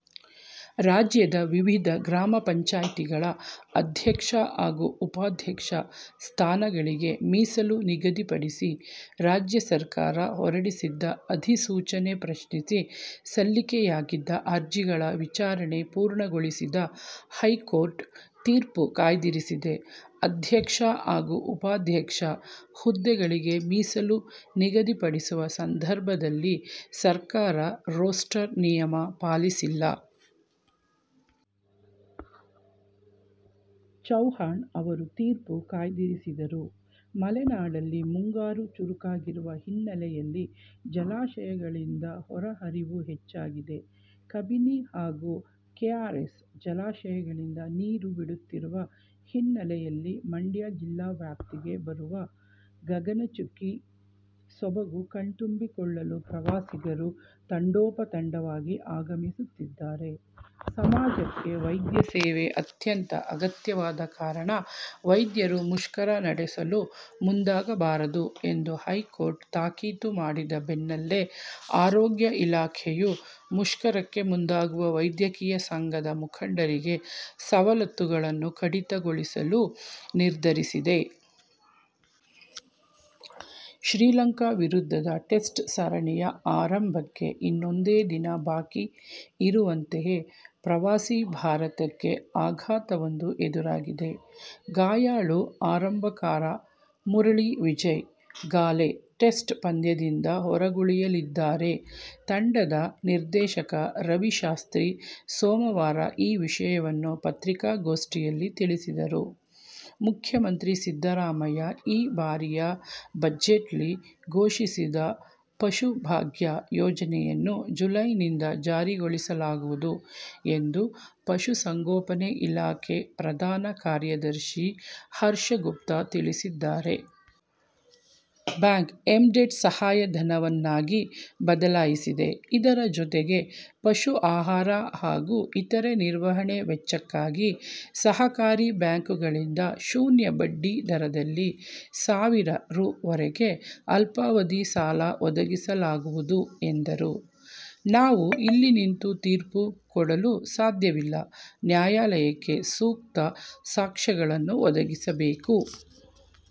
ರಾಜ್ಯದ ವಿವಿಧ ಗ್ರಾಮ ಪಂಚಾಯ್ತಿಗಳ ಅಧ್ಯಕ್ಷ ಹಾಗೂ ಉಪಾಧ್ಯಕ್ಷ ಸ್ಥಾನಗಳಿಗೆ ಮೀಸಲು ನಿಗದಿಪಡಿಸಿ ರಾಜ್ಯ ಸರ್ಕಾರ ಹೊರಡಿಸಿದ್ದ ಅಧಿಸೂಚನೆ ಪ್ರಶ್ನಿಸಿ ಸಲ್ಲಿಕೆಯಾಗಿದ್ದ ಅರ್ಜಿಗಳ ವಿಚಾರಣೆ ಪೂರ್ಣಗೊಳಿಸಿದ ಹೈಕೋರ್ಟ್ ತೀರ್ಪು ಕಾಯ್ದಿರಿಸಿದೆ. ಅಧ್ಯಕ್ಷ ಹಾಗೂ ಉಪಾಧ್ಯಕ್ಷ ಹುದ್ದೆಗಳಿಗೆ ಮೀಸಲು ನಿಗದಿಪಡಿಸುವ ಸಂದರ್ಭದಲ್ಲಿ ಸರ್ಕಾರ ರೋಸ್ಟರ್ ನಿಯಮ ಪಾಲಿಸಿಲ್ಲ. ಚೌಹಾಣ್ ಅವರು ತೀರ್ಪು ಕಾಯ್ದಿರಿಸಿದರು. ಮಲೆನಾಡಲ್ಲಿ ಮುಂಗಾರು ಚುರುಕಾಗಿರುವ ಹಿನ್ನೆಲೆಯಲ್ಲಿ ಜಲಾಶಯಗಳಿಂದ ಹೊರಹರಿವು ಹೆಚ್ಚಾಗಿದೆ. ಕಬಿನಿ ಹಾಗೂ ಕೆಆರ್ಎಸ್ ಜಲಾಶಯಗಳಿಂದ ನೀರು ಬಿಡುತ್ತಿರುವ ಹಿನ್ನೆಲೆಯಲ್ಲಿ ಮಂಡ್ಯ ಜಿಲ್ಲಾ ವ್ಯಾಪ್ತಿಗೆ ಬರುವ ಗಗನಚುಕ್ಕಿ ಜಲಪಾತ ಮೈದುಂಬಿಕೊಂಡಿವೆ. ಜಲಧಾರೆ ಧುಮ್ಮಿಕ್ಕುವ ಸೊಬಗು ಕಣ್ತುಂಬಿಕೊಳ್ಳಲು ಪ್ರವಾಸಿಗರು ತಂಡೋಪತಂಡವಾಗಿ ಆಗಮಿಸುತ್ತಿದ್ದಾರೆ. ಸಮಾಜಕ್ಕೆ ವೈದ್ಯ ಸೇವೆ ಅತ್ಯಂತ ಅಗತ್ಯವಾದ ಕಾರಣ ವೈದ್ಯರು ಮುಷ್ಕರ ನಡೆಸಲು ಮುಂದಾಗಬಾರದು ಎಂದು ಹೈಕೋರ್ಟ್ ತಾಕೀತು ಮಾಡಿದ ಬೆನ್ನಲ್ಲೇ ಆರೋಗ್ಯ ಇಲಾಖೆಯು ಮುಷ್ಕರಕ್ಕೆ ಮುಂದಾಗುವ ವೈದ್ಯಕೀಯ ಸಂಘದ ಮುಖಂಡರಿಗೆ ಸವಲತ್ತುಗಳನ್ನು ಕಡಿತಗೊಳಿಸಲು ನಿರ್ಧರಿಸಿದೆ. ಶ್ರೀಲಂಕಾ ವಿರುದ್ಧದ ಟೆಸ್ಟ್ ಸರಣಿಯ ಆರಂಭಕ್ಕೆ ಇನ್ನೊಂದೇ ದಿನ ಬಾಕಿ ಇರುವಂತೆಯೇ ಪ್ರವಾಸಿ ಭಾರತಕ್ಕೆ ಆಘಾತವೊಂದು ಎದುರಾಗಿದೆ. ಗಾಯಾಳು ಆರಂಭಕಾರ ಮುರಳಿ ವಿಜಯ್ ಗಾಲೆ ಟೆಸ್ಟ್ ಪಂದ್ಯದಿಂದ ಹೊರಗುಳಿಯಲಿದ್ದಾರೆ. ತಂಡದ ನಿರ್ದೇಶಕ ರವಿ ಶಾಸ್ತ್ರಿ ಸೋಮವಾರ ಈ ವಿಷಯವನ್ನು ಪತ್ರಿಕಾಗೋಷ್ಠಿಯಲ್ಲಿ ತಿಳಿಸಿದರು. ಮುಖ್ಯಮಂತ್ರಿ ಸಿದ್ದರಾಮಯ್ಯ ಈ ಬಾರಿಯ ಬಜೆಟ್ನಲ್ಲಿ ಘೋಷಿಸಿದ್ದ ಪಶುಭಾಗ್ಯ ಯೋಜನೆಯನ್ನು ಜುಲೈನಿಂದ ಜಾರಿಗೊಳಿಸಲಾಗುವುದು ಎಂದು ಪಶುಸಂಗೋಪನೆ ಇಲಾಖೆ ಪ್ರಧಾನ ಕಾರ್ಯದರ್ಶಿ ಹರ್ಷಗುಪ್ತಾ ತಿಳಿಸಿದ್ದಾರೆ. ಬ್ಯಾಕ್ಎಂಡೆಡ್ ಸಹಾಯಧನವನ್ನಾಗಿ ಬದಲಾಯಿಸಿದೆ. ಇದರ ಜೊತೆಗೆ ಪಶು ಆಹಾರ ಹಾಗೂ ಇತರೆ ನಿರ್ವಹಣೆ ವೆಚ್ಚಕ್ಕಾಗಿ ಸಹಕಾರಿ ಬ್ಯಾಂಕುಗಳಿಂದ ಶೂನ್ಯ ಬಡ್ಡಿ ದರದಲ್ಲಿ ಸಾವಿರ ರೂ. ವರೆಗೆ ಅಲ್ಪಾವಧಿ ಸಾಲ ಒದಗಿಸಲಾಗುವುದು ಎಂದರು. 'ನಾವು ಇಲ್ಲಿ ನಿಂತು ತೀರ್ಪು ಕೊಡಲು ಸಾಧ್ಯವಿಲ್ಲ. ನ್ಯಾಯಾಲಯಕ್ಕೆ ಸೂಕ್ತ ಸಾಕ್ಷ್ಯಗಳನ್ನು ಒದಗಿಸಬೇಕು.